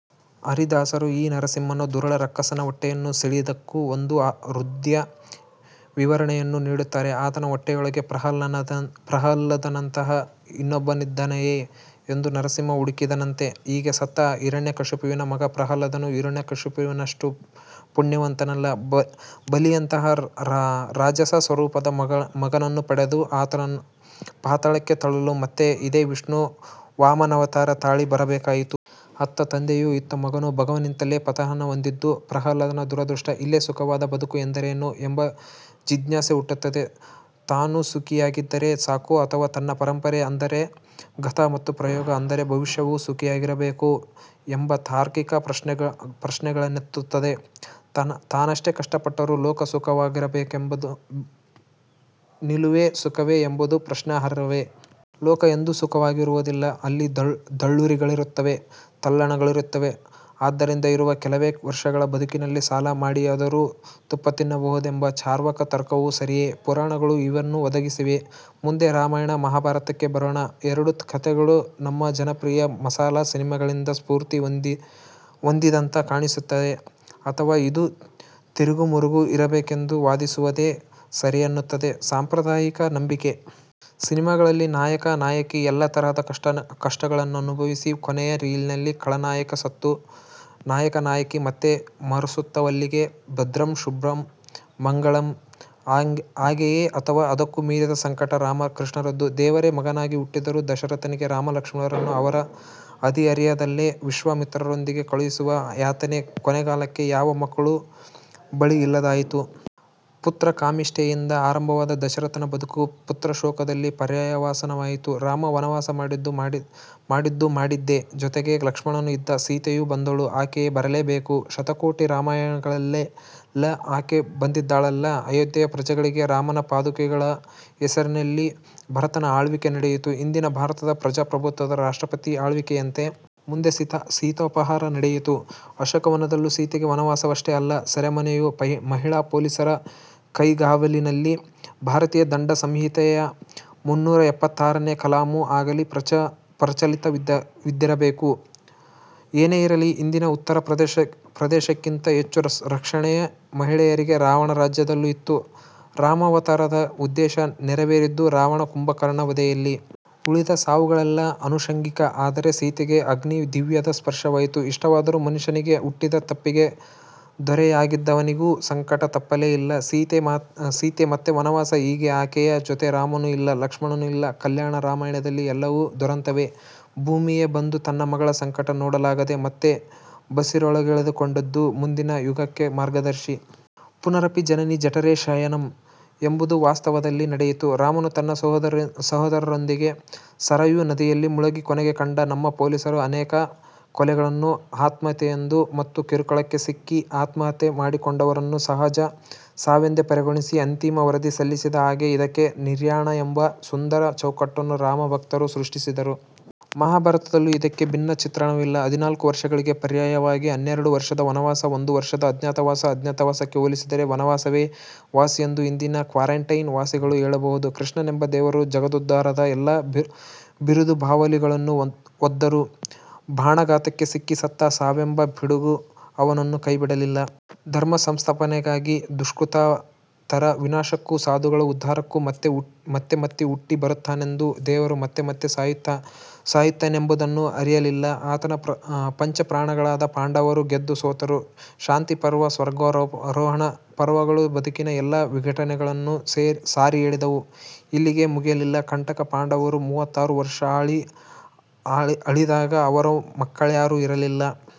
ಹರಿದಾಸರು ಈ ನರಸಿಂಹನು ದುರುಳ ರಕ್ಕಸನ ಹೊಟ್ಟೆಯನ್ನು ಸೀಳಿದ್ದಕ್ಕೂ ಒಂದು ಹೃದ್ಯ ವಿವರಣೆಯನ್ನು ನೀಡುತ್ತಾರೆ: ಆತನ ಹೊಟ್ಟೆಯೊಳಗೆ ಪ್ರಹ್ಲಾದನಂತಹ ಇನ್ನೊಬ್ಬನಿದ್ದಾನೆಯೇ ಎಂದು ನರಸಿಂಹ ಹುಡುಕಿದನಂತೆ. ಹೀಗೆ ಸತ್ತ ಹಿರಣ್ಯಕಶಿಪುವಿನ ಮಗ ಪ್ರಹ್ಲಾದನು ಹಿರಣ್ಯಕಶಿಪುವಿನಷ್ಟು ಪುಣ್ಯವಂತನಲ್ಲ. ಬಲಿಯಂತಹ ರಾಜಸ ಸ್ವರೂಪದ ಮಗನನ್ನು ಪಡೆದ. ಆತನನ್ನು ಪಾತಾಳಕ್ಕೆ ತಳ್ಳಲು ಮತ್ತೆ ಇದೇ ವಿಷ್ಣು ವಾಮನಾವತಾರ ತಾಳಿ ಬರಬೇಕಾಯಿತು. ಅತ್ತ ತಂದೆಯೂ ಇತ್ತ ಮಗನೂ ಭಗವಂತನಿಂದಲೇ ಪತನಹೊಂದಿದ್ದು ಪ್ರಹ್ಲಾದನ ದುರದೃಷ್ಟ. ಇಲ್ಲೇ ಸುಖವಾದ ಬದುಕು ಎಂದರೇನು ಎಂಬ ಜಿಜ್ಞಾಸೆ ಹುಟ್ಟುತ್ತದೆ. ತಾನು ಸುಖಿಯಾಗಿದ್ದರೆ ಸಾಕೋ, ಅಥವಾ ತನ್ನ ಪರಂಪರೆ ಅಂದರೆ ಗತ, ಮತ್ತು ಪ್ರಯೋಗ ಅಂದರೆ ಭವಿಷ್ಯವೂ ಸುಖಿಯಾಗಿರಬೇಕೋ ಎಂಬ ತಾರ್ಕಿಕ ಪ್ರಶ್ನೆಗಳನ್ನೆತ್ತುತ್ತದೆ. ತಾನೆಷ್ಟೇ ಕಷ್ಟಪಟ್ಟರೂ ಲೋಕ ಸುಖವಾಗಿರಬೇಕೆಂಬ ನಿಲುವೇ ಸುಖವೇ ಎಂಬುದೂ ಪ್ರಶ್ನಾರ್ಹವೇ. ಲೋಕ ಎಂದೂ ಸುಖವಾಗಿರುವುದಿಲ್ಲ. ಅಲ್ಲಿ ದಳ್ಳುರಿಗಳಿರುತ್ತವೆ; ತಲ್ಲಣಗಳಿರುತ್ತವೆ. ಆದ್ದರಿಂದ ಇರುವ ಕೆಲವೇ ವರ್ಷಗಳ ಬದುಕಿನಲ್ಲಿ ಸಾಲಮಾಡಿಯಾದರೂ ತುಪ್ಪತಿನ್ನಬಹುದೆಂಬ ಚಾರ್ವಾಕ ತರ್ಕವೂ ಸರಿಯೇ. ಪುರಾಣಗಳು ಇವನ್ನೂ ಒದಗಿಸಿವೆ. ಮುಂದೆ ರಾಮಾಯಣ-ಮಹಾಭಾರತಕ್ಕೆ ಬರೋಣ. ಎರಡೂ ಕತೆಗಳು ನಮ್ಮ ಜನಪ್ರಿಯ ಮಸಾಲಾ ಸಿನೆಮಾಗಳಿಂದ ಸ್ಫೂರ್ತಿ ಹೊಂದಿದಂತೆ ಕಾಣಿಸುತ್ತವೆ ಅಥವಾ ಇದು ತಿರುಗಾಮುರುಗಾ ಇರಬೇಕೆಂದು ವಾದಿಸುವುದೇ ಸರಿಯೆನ್ನುತ್ತದೆ ಸಾಂಪ್ರದಾಯಿಕ ನಂಬಿಕೆ. ಸಿನೆಮಾಗಳಲ್ಲಿ ನಾಯಕ-ನಾಯಕಿ ಎಲ್ಲ ತರದ ಕಷ್ಟಗಳನ್ನನುಭವಿಸಿ ಕೊನೆಯ ರೀಲಿನಲ್ಲಿ ಖಳನಾಯಕ ಸತ್ತು ನಾಯಕ-ನಾಯಕಿ ಮತ್ತೆ ಮರಸುತ್ತುವಲ್ಲಿಗೆ ಭದ್ರಂ-ಶುಭಂ-ಮಂಗಳಂ! ಹಾಗೆಯೇ ಅಥವಾ ಅದಕ್ಕೂ ಮೀರಿದ ಸಂಕಟ ರಾಮ-ಕೃಷ್ಣರದ್ದು. ದೇವರೇ ಮಗನಾಗಿ ಹುಟ್ಟಿದರೂ ದಶರಥನಿಗೆ ರಾಮಲಕ್ಷ್ಮಣರನ್ನು ಅವರ ಹದಿಹರೆಯದಲ್ಲೇ ವಿಶ್ವಾಮಿತ್ರರೊಂದಿಗೆ ಕಳುಹಿಸುವ ಯಾತನೆ. ಕೊನೆಗಾಲಕ್ಕೆ ಯಾವ ಮಕ್ಕಳೂ ಬಳಿಯಿಲ್ಲದಾಯಿತು. ಪುತ್ರಕಾಮೇಷ್ಟಿಯಿಂದ ಆರಂಭವಾದ ದಶರಥನ ಬದುಕು ಪುತ್ರಶೋಕದಲ್ಲಿ ಪರ್ಯಾವಸಾನವಾಯಿತು. ರಾಮ ವನವಾಸ ಮಾಡಿದ್ದೂ ಮಾಡಿದ್ದೇ. ಜೊತೆಗೆ ಲಕ್ಷ್ಮಣನೂ ಇದ್ದ; ಸೀತೆಯೂ ಬಂದಳು. ಆಕೆ ಬರಲೇಬೇಕು; ಶತಕೋಟಿ ರಾಮಾಯಣಗಳಲ್ಲೆಲ್ಲ ಆಕೆ ಬಂದಿದ್ದಳಲ್ಲ! ಅಯೋಧ್ಯೆಯ ಪ್ರಜೆಗಳಿಗೆ ರಾಮನ ಪಾದುಕೆಗಳ ಹೆಸರಿನಲ್ಲಿ ಭರತನ ಆಳ್ವಿಕೆ ನಡೆಯಿತು-ಇಂದಿನ ಭಾರತದ ಪ್ರಜಾಪ್ರಭುತ್ವದ ರಾಷ್ಟ್ರಪತಿ ಅಳ್ವಿಕೆಯಂತೆ. ಮುಂದೆ ಸೀತಾಪಹಾರ ನಡೆಯಿತು. ಅಶೋಕವನದಲ್ಲೂ ಸೀತೆಗೆ ವನವಾಸವಷ್ಟೇ ಅಲ್ಲ; ಸೆರೆಮನೆಯೂ-ಮಹಿಳಾ ಪೊಲೀಸರ ಕೈಗಾವಲಿನಲ್ಲಿ. ಭಾರತೀಯ ದಂಡ ಸಂಹಿತೆಯ ಮುನ್ನೂರ ಎಪ್ಪತ್ತಾರನೇ ಕಲಮು ಆಗಲೇ ಪ್ರಚಲಿತವಿದ್ದಿರಬೇಕು. ಏನೇ ಇರಲಿ, ಇಂದಿನ ಉತ್ತರಪ್ರದೇಶಕ್ಕಿಂತ ಹೆಚ್ಚು ರಕ್ಷಣೆ ಮಹಿಳೆಯರಿಗೆ ರಾವಣ ರಾಜ್ಯದಲ್ಲೂ ಇತ್ತು! ರಾಮಾವತಾರದ ಉದ್ದೇಶ ನೆರವೇರಿದ್ದು ರಾವಣ-ಕುಂಭಕರ್ಣ ವಧೆಯಲ್ಲಿ. ಉಳಿದ ಸಾವುಗಳೆಲ್ಲ ಅನುಷಂಗಿಕ. ಆದರೆ ಸೀತೆಗೂ ಅಗ್ನಿದಿವ್ಯದ ಸ್ಪರ್ಶವಾಯಿತು. ಇಷ್ಟಾದರೂ ಮನುಷ್ಯನಾಗಿ ಹುಟ್ಟಿದ ತಪ್ಪಿಗೆ ದೊರೆಯಾಗಿದ್ದವನಿಗೂ ಸಂಕಟ ತಪ್ಪಲೇ ಇಲ್ಲ. ಸೀತೆಗೆ ಮತ್ತೆ ವನವಾಸ. ಈಗ ಆಕೆಯ ಜೊತೆ ರಾಮನೂ ಇಲ್ಲ; ಲಕ್ಷ್ಮಣನೂ ಇಲ್ಲ. ಕಲ್ಯಾಣ ರಾಮಾಯಣದಲ್ಲಿ ಎಲ್ಲವೂ ದುರಂತವೇ. ಭೂಮಿಯೇ ಬಂದು ತನ್ನ ಮಗಳ ಸಂಕಟ ನೋಡಲಾಗದೆ ಮತ್ತೆ ಬಸಿರೊಳಗೆಳೆದುಕೊಂಡದ್ದು ಮುಂದಿನ ಯುಗಕ್ಕೆ ಮಾರ್ಗದರ್ಶಿ. 'ಪುನರಪಿ ಜನನೀ ಜಠರೇ ಶಯನಂ' ಎಂಬುದು ವಾಸ್ತವದಲ್ಲಿ ನಡೆಯಿತು. ರಾಮನೂ ತನ್ನ ಸೊದರರೊಂದಿಗೆ ಸರಯೂ ನದಿಯಲ್ಲಿ ಮುಳುಗಿ ಕೊನೆ ಕಂಡ. ನಮ್ಮ ಪೊಲೀಸರು ಅನೇಕ ಕೊಲೆಗಳನ್ನು ಆತ್ಮಹತ್ಯೆಯೆಂದು ಮತ್ತು ಕಿರುಕುಳಕ್ಕೆ ಸಿಕ್ಕಿ ಆತ್ಮಹತ್ಯೆ ಮಾಡಿಕೊಂಡವರನ್ನು ಸಹಜ ಸಾವೆಂದು ಪರಿಗಣಿಸಿ ಅಂತಿಮ ವರದಿ ಸಲ್ಲಿಸಿದ ಹಾಗೆ ಇದಕ್ಕೆ 'ನಿರ್ಯಾಣ'ವೆಂಬ ಸುಂದರ ಚೌಕಟ್ಟನ್ನು ರಾಮಭಕ್ತರು ಸೃಷ್ಟಿಸಿದರು. ಮಹಾಭಾರತದಲ್ಲೂ ಇದಕ್ಕೆ ಭಿನ್ನ ಚಿತ್ರಣವಿಲ್ಲ. ಹದಿನಾಲ್ಕು ವರ್ಷಗಳಿಗೆ ಪರ್ಯಾಯವಾಗಿ ಹನ್ನೆರಡು ವರ್ಷದ ವನವಾಸ, ಒಂದು ವರ್ಷದ ಅಜ್ಞಾತವಾಸ. ಅಜ್ಞಾತವಾಸಕ್ಕೆ ಹೋಲಿಸಿದರೆ ವನವಾಸವೇ ವಾಸಿಯೆಂದು ಇಂದಿನ ಕ್ವಾರಂಟೈನ್ ವಾಸಿಗಳು ಹೇಳಬಹುದು. ಕೃಷ್ಣನೆಂಬ ದೇವರು ಜಗದೋದ್ಧಾರದ ಎಲ್ಲ ಬಿರುದುಬಾವಲಿಗಳನ್ನು ಹೊದ್ದರೂ ಬಾಣಾಘಾತಕ್ಕೆ ಸಿಕ್ಕಿ ಸತ್ತ. ಸಾವೆಂಬ ಪಿಡುಗು ಅವನನ್ನೂ ಕೈಬಿಡಲಿಲ್ಲ. ಧರ್ಮಸಂಸ್ಥಾಪನೆಗಾಗಿ, ದುಷ್ಕೃತರ ವಿನಾಶಕ್ಕೂ ಸಾಧುಗಳ ಉದ್ಧಾರಕ್ಕೂ ಮತ್ತೆಮತ್ತೆ ಹುಟ್ಟಿ ಬರುತ್ತೇನೆಂದ ದೇವರು ಮತ್ತೆಮತ್ತೆ ಸಾಯುತ್ತೇನೆಂಬುದನ್ನು ಅರಿಯಲಿಲ್ಲ. ಆತನ ಪಂಚಪ್ರಾಣಗಳಾದ ಪಾಂಡವರೂ ಗೆದ್ದು ಸೋತರು. ಶಾಂತಿಪರ್ವ, ಸ್ವರ್ಗಾರೊಹಣ ಪರ್ವಗಳು ಬದುಕಿನ ಎಲ್ಲ ವಿಘಟನೆಗಳನ್ನು ಸಾರಿ ಹೇಳಿದವು. ಇಲ್ಲಿಗೇ ಮುಗಿಯಲಿಲ್ಲ ಕಂಟಕ: ಪಾಂಡವರು ಮೂವತ್ತಾರು ವರ್ಷ ಆಳಿ ಅಳಿದಾಗ ಅವರ ಮಕ್ಕಳ್ಯಾರೂ ಇರಲಿಲ್ಲ.